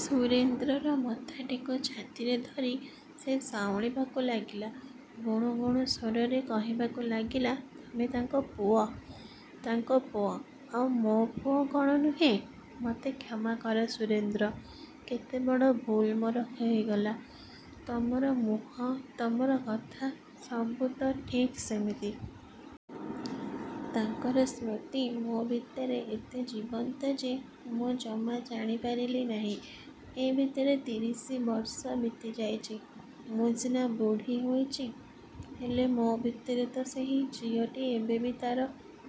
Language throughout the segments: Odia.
ସୁରେନ୍ଦ୍ରର ମଥାଟିକୁ ଛାତିରେ ଧରି ସେ ସାଉଁଳିବାକୁ ଲାଗିଲା। ଗୁଣୁଗୁଣୁ ସ୍ୱରରେ କହିବାକୁ ଲାଗିଲା ତମେ ତାଙ୍କ ପୁଅ, ତାଙ୍କ ପୁଅ, ଆଉ ମୋ ପୁଅ କଣ ନୁହେଁ? ମତେ କ୍ଷମା କର ସୁରେନ୍ଦ୍ର, କେତେ ବଡ଼ ଭୁଲ ମୋର ହେଇଗଲା। ତମର ମୁହଁ, ତମର କଥା ସବୁ ତ ଠିକ୍ ସେମିତି। ତାଙ୍କର ସ୍ମୃତି ମୋ ଭିତରେ ଏତେ ଜୀବନ୍ତ ଯେ ମୁଁ ଜମା ଜାଣି ପାରିଲି ନାହିଁ। ଏ ଭିତରେ ତିରିଶି ବର୍ଷ ବିତି ଯାଇଛି। ମୁଁ ସିନା ବୁଢ଼ୀ ହୋଇଛି, ହେଲେ ମୋ ଭିତରେ ତ ସେହି ଝିଅଟି ଏବେବି ତାର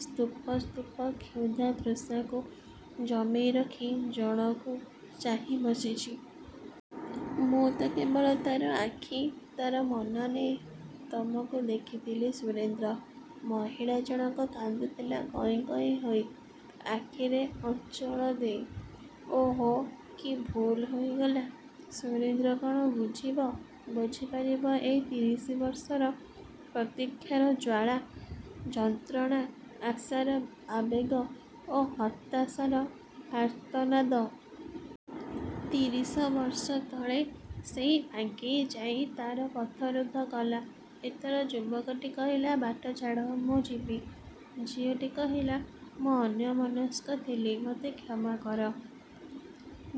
ସ୍ତୁପ ସ୍ତୁପ କ୍ଷୁଧା ତୃଷାକୁ ଜମେଇ ରଖି ଜଣକୁ ଚାହିଁ ବସିଛି। ମୁଁ ତ କେବଳ ତାର ଆଖି, ତାର ମନ ନେଇ ତମକୁ ଦେଖିଥିଲି ସୁରେନ୍ଦ୍ର। ମହିଳା ଜଣକ କାନ୍ଦୁଥିଲା କଇଁ କଇଁ ହୋଇ ଆଖିରେ ଅଞ୍ଚଳ ଦେଇ। ଓଃ, କି ଭୁଲ ହୋଇଗଲା। ସୁରେନ୍ଦ୍ର କଣ ବୁଝିବ, ବୁଝିପାରିବ ଏଇ ତିରିଶ ବର୍ଷର ପ୍ରତିକ୍ଷାର ଜ୍ଵାଳା, ଯନ୍ତ୍ରଣା ଆଶାର ଆବେଗ ଓ ହତାଶାର ଆର୍ତ୍ତନାଦ। ତିରିଶ ବର୍ଷ ତଳେ, ସେଇ ଆଗେଇ ଯାଇ ତାର ପଥ ରୁଦ୍ଧ କଲା। ଏଥର ଯୁବକଟି କହିଲା ବାଟ ଛାଡ଼, ମୁଁ ଯିବି। ଝିଅଟି କହିଲା ମୁଁ ଅନ୍ୟମନସ୍କ ଥିଲି ମତେ କ୍ଷମା କର।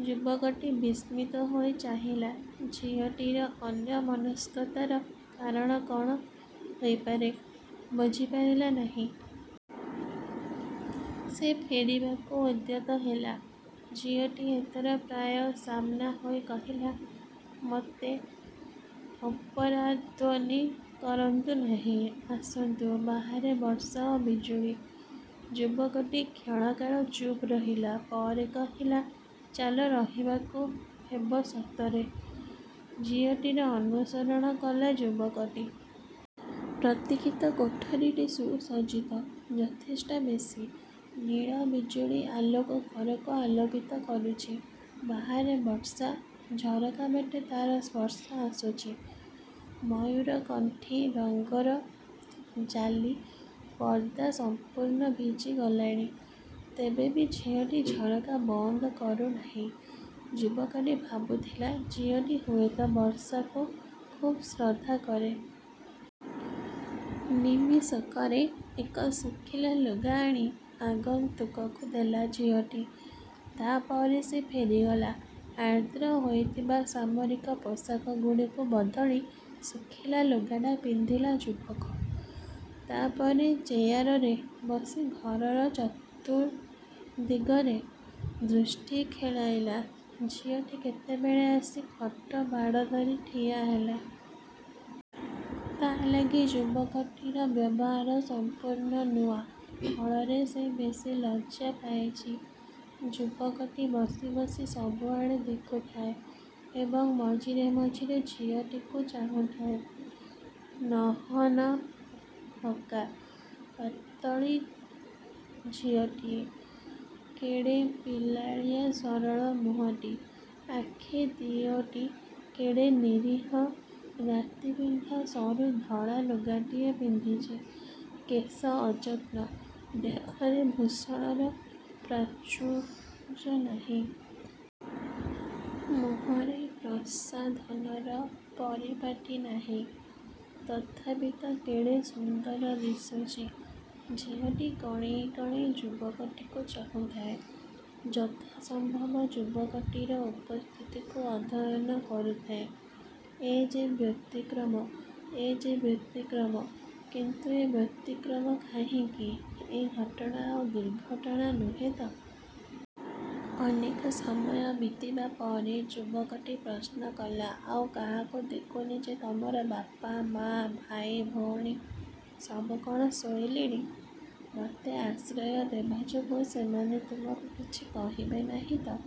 ଯୁବକଟି ବିସ୍ମିତ ହୋଇ ଚାହିଁଲା ଝିଅଟିର ଅନ୍ୟମନସ୍କତାର କାରଣ କଣ ହେଇପାରେ ବୁଝିପାରିଲା ନାହିଁ। ସେ ଫେରିବାକୁ ଉଦ୍ୟତ ହେଲା। ଝିଅଟି ଏଥର ପ୍ରାୟ ସାମ୍ନା ହୋଇ କହିଲା, ମତେ ଅପରାଧ୍ଵନୀ କରନ୍ତୁ ନାହିଁ। ଆସନ୍ତୁ, ବାହାରେ ବର୍ଷା ଓ ବିଜୁଳି। ଯୁବକଟି କ୍ଷଣକାଳ ଚୁପ୍ ରହିଲା। ପରେ କହିଲା, ଚାଲ ରହିବାକୁ ହେବ ସତରେ। ଝିଅଟିର ଅନୁସରଣ କଲା ଯୁବକଟି। ପ୍ରତୀକ୍ଷିତ କୋଠରୀଟି ସୁସଜ୍ଜିତ, ଯଥେଷ୍ଟ ବେଶୀ। ନୀଳ ବିଜୁଳି ଆଲୋକ ଘରକୁ ଆଲୋକିତ କରୁଛି। ବାହାରେ ବର୍ଷା, ଝରକାବାଟେ ତାର ସ୍ପର୍ଶ ଆସୁଚି, ମୟୂରକଣ୍ଠୀ ରଙ୍ଗର ଜାଲି ପର୍ଦ୍ଦା ସମ୍ପୂର୍ଣ୍ଣ ଭିଜିଗଲାଣି। ତେବେ ବି ଝିଅଟି ଝରକା ବନ୍ଦ କରୁ ନାହିଁ। ଯୁବକଟି ଭାବୁଥିଲା ଝିଅଟି ହୁଏତ ବର୍ଷାକୁ ଖୁବ୍ ଶ୍ରଦ୍ଧା କରେ। ନିମିଷକରେ ଏକ ଶୁଖିଲା ଲୁଗା ଆଣି ଆଗନ୍ତୁକକୁ ଦେଲା ଝିଅଟି। ତା ପରେ ସେ ଫେରିଗଲା। ଆର୍ଦ୍ର ହୋଇଥିବା ସାମରିକ ପୋଷାକଗୁଡ଼ିକୁ ବଦଳି, ଶୁଖିଲା ଲୁଗାଟା ପିନ୍ଧିଲା ଯୁବକ। ତାପରେ ଚେୟାରରେ ବସି ଘରର ଚତୁର୍ଦ୍ଦିଗରେ ଦୃଷ୍ଟି ଖେଳାଇଲା। ଝିଅଟି କେତେବେଳେ ଆସି ଖଟ ବାଡ଼ ଧରି ଠିଆହେଲା। ତା ଲାଗି ଯୁବକଟିର ବ୍ୟବହାର ସମ୍ପୂର୍ଣ୍ଣ ନୂଆ, ଫଳରେ ସେ ବେଶି ଲଜ୍ଜା ପାଇଚି। ଯୁବକଟି ବସି ବସି ସବୁଆଡ଼େ ଦେଖୁଥାଏ ଏବଂ ମଝିରେ ମଝିରେ ଝିଅଟିକୁ ଚାହୁଁ ଥାଏ। ନହନହକା ପାତଳୀ ଝିଅଟିଏ, କେଡ଼େ ପିଲାଳିଆ ସରଳ ମୁହଁଟି, ଆଖି ଦିଓଟି କେଡ଼େ ନିରୀହ ରାତିପିନ୍ଧା ସରୁ ଧଳା ଲୁଗାଟିଏ ପିନ୍ଧିଚି, କେଶ ଅଯତ୍ନ, ଦେହରେ ଭୂଷଣର ପ୍ରାଚୁର୍ଯ୍ୟ ନାହିଁ। ମୁହଁରେ ପ୍ରସାଧନର ପରିପାଟୀ ନାହିଁ। ତଥାପି ତ କେଡ଼େସୁନ୍ଦର ଦିଶୁଚି। ଝିଅଟି କଣେଇ କଣେଇ ଯୁବକଟିକୁ ଚାହୁଁଥାଏ। ଯଥାସମ୍ଭବ ଯୁବକଟିର ଉପସ୍ଥିତକୁ ଅଧ୍ୟୟନ କରୁଥାଏ। ଏ ଯେ ବ୍ୟତିକ୍ରମ, ଏ ଯେ ବ୍ୟତିକ୍ରମ କିନ୍ତୁ ଏ ବ୍ୟତିକ୍ରମ କାହିଁକି? ଏ ଘଟଣା ଆଉ ଦୁର୍ଘଟଣା ନୁହେଁ ତ? ଅନେକ ସମୟ ବିତିବା ପରେ ଯୁବକଟି ପ୍ରଶ୍ନ କଲା ଆଉ କାହାକୁ ଦେଖୁନି ଯେ ତମର ବାପା, ମା, ଭାଇଭଉଣୀ ସବୁ କଣ ଶୋଇଲେଣି? ମତେ ଆଶ୍ରୟ ଦେବାଯୋଗୁଁ ସେମାନେ ତମକୁ କିଛି କହିବେ ନାହିଁ ତ?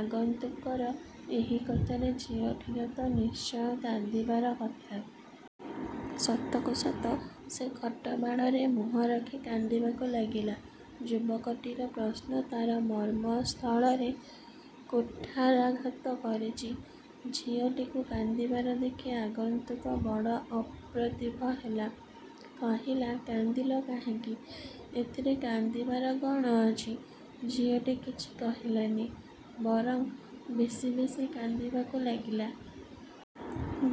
ଆଗନ୍ତୁକର ଏହି କଥାରେ ଝିଅଟିର ତ ନିଶ୍ଚୟ କାନ୍ଦିବାର କଥା। ସତକୁ ସତ ସେ ଖଟ ବାଡ଼ରେ ମୁହଁ ରଖି କାନ୍ଦିବାକୁ ଲାଗିଲା। ଯୁବକଟିର ପ୍ରଶ୍ନ ତାର ମର୍ମ ସ୍ଥଳରେ କୁଠାରାଘାତ କରିଚି। ଝିଅଟିକୁ କାନ୍ଦିବାର ଦେଖି ଆଗନ୍ତୁକ ବଡ଼ ଅପ୍ରତିଭ ହେଲା, କହିଲା କାନ୍ଦିଲ କାହିଁକି? ଏଥିରେ କାନ୍ଦିବାର କଣ ଅଛି? ଝିଅଟି କିଛି କହିଲାନି ବରଂ ବେଶୀ ବେଶୀ କାନ୍ଦିବାକୁ ଲାଗିଲା।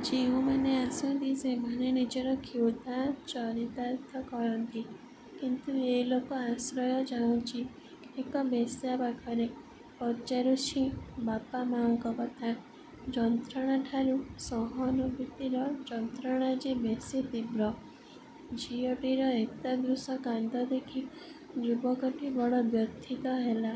ଯେଉଁମାନେ ଆସନ୍ତି ସେମାନେ ନିଜର କ୍ଷୁଧା ଚରିତାର୍ଥ କରନ୍ତି କିନ୍ତୁ ଏ ଲୋକ ଆଶ୍ରୟ ଚାହୁଁଛି, ଏକ ବେଶ୍ୟା ପାଖରେ। ପଚାରୁଛି ବାପା, ମା ଙ୍କ କଥା। ଯନ୍ତ୍ରଣାଠାରୁ ସହନୁଭୂତିର ଯନ୍ତ୍ରଣା ଯେ ବେଶୀ ତୀବ୍ର। ଝିଅଟିର ଏତାଦୃଶ କାନ୍ଦ ଦେଖି ଯୁବକଟି ବଡ଼ ବ୍ୟଥିତ ହେଲା।